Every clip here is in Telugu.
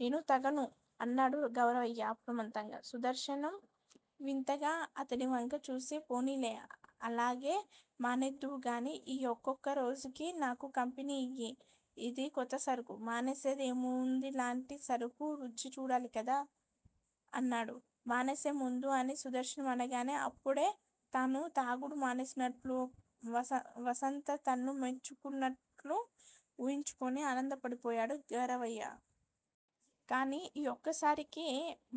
నేను తగను __ అన్నాడు గరవయ్య అప్రయత్నంగా. సుదర్శనం వింతగా అతడివంక చూసి __ పొనీలే _ అలాగే మానేద్దువుగాని. ఈ ఒక్కొక్కరోజుకీ నాకు కంపెనీ యియ్యి. ఇది కొత్తసరుకు. మానేసేముందిలాంటి సరుకు రుచి చూడాలి కూడా __ అన్నాడు. మానేసేముందు అని సుదర్శనం అనగానే, అప్పుడే తాను తాగుడు మానేసినట్లూ, వసంత తన్ను మెచ్చుకుంటున్నట్ట్లూ ఊహించకుని, ఆనందపడిపోయాడు గరవయ్య. కానీ, ఈ ఒక్కసారికీ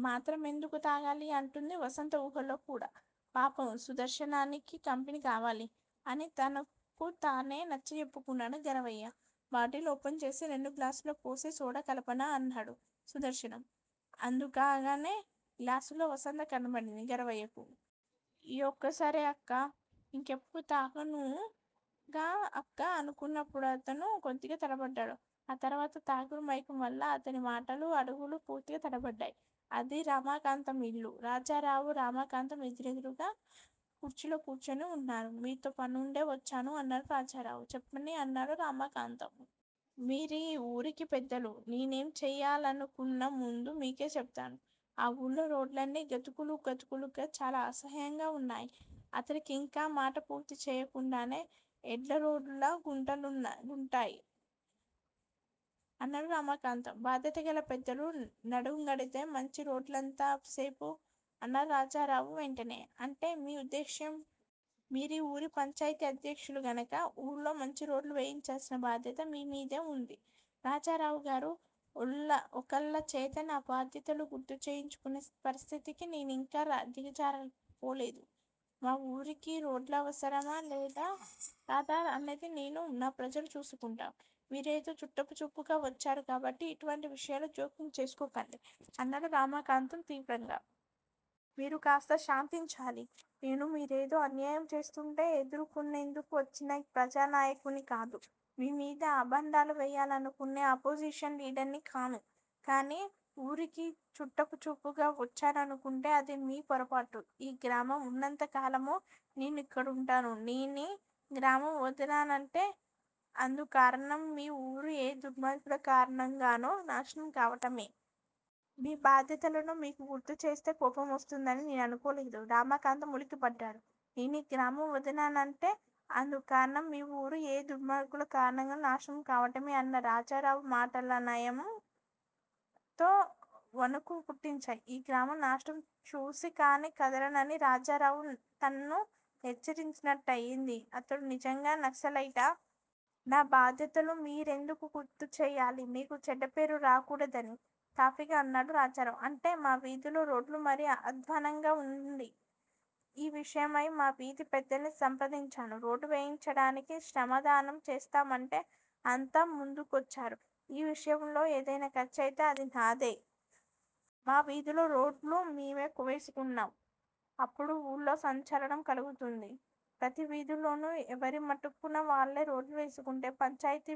మాత్రమెందుకు తాగాలి? అంటోంది వసంత ఊహల్లో కూడా. పాపం సుదర్శనానికి కంపెనీ కావాలి అని తనకుతానే నచ్చజెప్పుకున్నాడు గరవయ్య. బాటిల్ ఓపెన్ చేసి రెండు గ్లాసుల్లో పోసి _ సోడా కలపనా? అన్నాడు. సుదర్శనం. అందుకాగానే గ్లాసుల్లో వసంత కనబడింది. గరవయ్యకు. ఈ ఒక్కసారికే అక్కా __ ఇంకెప్పుడూ తాగనుగా అక్కా అనుకున్నప్పుడతడు కొద్దిగా తడబడ్డాడు. ఆ తర్వాత తాగుడు మైకంవల్ల అతడి మాటలూ, అడగులూ పూర్తిగా తడబడసాగాయి. అది రమాకాంతం యిల్లు. రాజారావు, రమాకాంతంఎదురుగా కుర్చీల్లో కూర్చుని ఉన్నారు. మీతో పనుండే వచ్చాను అన్నాడు రాజారావు. చెప్పండి __ అన్నాడు రమాకాంతం. మీరీ ఊరికి పెద్దలు. నేనేంచేయాలనుకున్నాముందు మీకే చెబుతాను. ఆ ఊళ్ళో రోడ్లన్నీ గతుకులు గతుకులుగా, చాలా అసహ్యంగా ఉన్నాయి అతడింకా మాట పూర్తీచేయకుండానే __ ఎడ్లరోడ్లల్లా గుంటాయ్? అన్నాడు రమాకాంతం. భాధ్యతగల పెద్దలు నడుంకడితే __ మంచిరోడ్లెంత సేపు? అన్నాడు రాజారావు వెంటనే. అంటే మీ ఉద్దేశ్యం? మీరీ ఊరి పంచాయితీ అధ్యక్షులు కనుక _ ఊళ్ళో మంచి రోడ్లు వేయించాల్సిన బాధ్యత మీమీద ఉంది. రాజరావుగారూ! ఒకళ్ళచేత నా బాధ్యతలు గుర్తుచేయించుకునే పరిస్థితికి నేనింకా దిగజారిపోలేదు. మా ఊరికి రోడ్లవసరమా, కాదా అన్నది నేనూ, నా ప్రజలూ చూసుకుంటాం, మీరేదో చుట్టపుచూపుగా వచ్చారు కాబట్టి ఇటువంటి విషయాల్లో జోక్యం చేసుకోకండి _ అన్నాడు రమాకాంతం తీవ్రంగా. మీరు కాస్త శాంతించాలి. నేను మీరేదో అన్యాయం చేస్తూంటే ఎదుర్కోందుకు వచ్చిన ప్రజానాయకుడ్ని కాదు. మీమీద అభాండాలు వేయాలనుకునే అపోజిషన్ లీదర్నీ కాను. నేనీ ఊరికి చుట్టపుచూపుగా వచ్చాననుకుంటే అది మీ పొరపాటు. ఈ గ్రామం ఉన్నంత కాలమూ _ నేనూ ఇక్కడుంటాను. నేనీ గ్రామం వదిలానంటే అందుక్కారణమీ ఊరు ఏ దుర్మార్గుల కారణంగానో నాశనం కావడమే! మీ బాధ్యతలను మీకు గుర్తుచేస్తే _ కోపమోస్తుందని నేననుకోలేదు. రమాకాంతం ఉలిక్కిపడ్డాడు __ నేనీ గ్రామం వదిలానంటే అందుక్కారణమీఊరు ఏ దుర్మార్గుల కారణంగానో నాశనం కావడమే! అన్న రాజారావు మాటలాయనంలో వణుకు పుట్టించాయి. ఈ గ్రామం నాశనం చూసికానీ కదలనని రాజారావు తన్ను హెచ్చరించినట్లయింది. ఇతడు నిజంగా నక్సలైటా? నా బాధ్యతలు మీరెందుకు గుర్తుచేయాలి? మీకు చెడ్డపేరు రాకూడదని __ తాఫీగా అన్నాడు రాజారావు. అంటే! మా వీధిలో రోడ్డు మరీ అద్వాన్నంగా ఉంది. ఈ విషయమై మా వీధి పెద్దల్ని సంప్రదించాను. రోడ్డువేయడానికి శ్రమదానం చేస్తామంటూ అంతా ముందుకొచ్చారు. ఈ విషయంలో ఏదయినా ఖర్చయితే అది నాదే! మా వీధిలో రోడ్డు మేమే వేసుకుంటాం. అప్పుడు ఊళ్ళో సంచలనం కలుగుతోంది. ప్రతి వీధిలోనూ ఎవరిమటుక్కు వాళ్ళే రోడ్లేసుకుంటే _ పంచాయితీ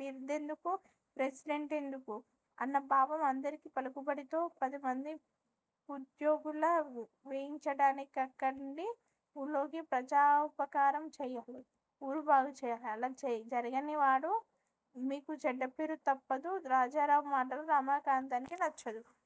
బిర్డెందుకు, ప్రెసిడెంటుదుకు _ అన్న భావం అందరికీ పలుకుబడితో పదిమంది కుధ్యోగాలు వేయించడానిక్కాదండీ ఊళ్ళోని ప్రజలకుపకారం చేయాలి. ఊరు బాగుచేయాలి. అలా జరగనివాడు మీకు చెడ్డపేరు తప్పదు రాజారావు మాటలు రమాకాంతానికి నచ్చలేదు.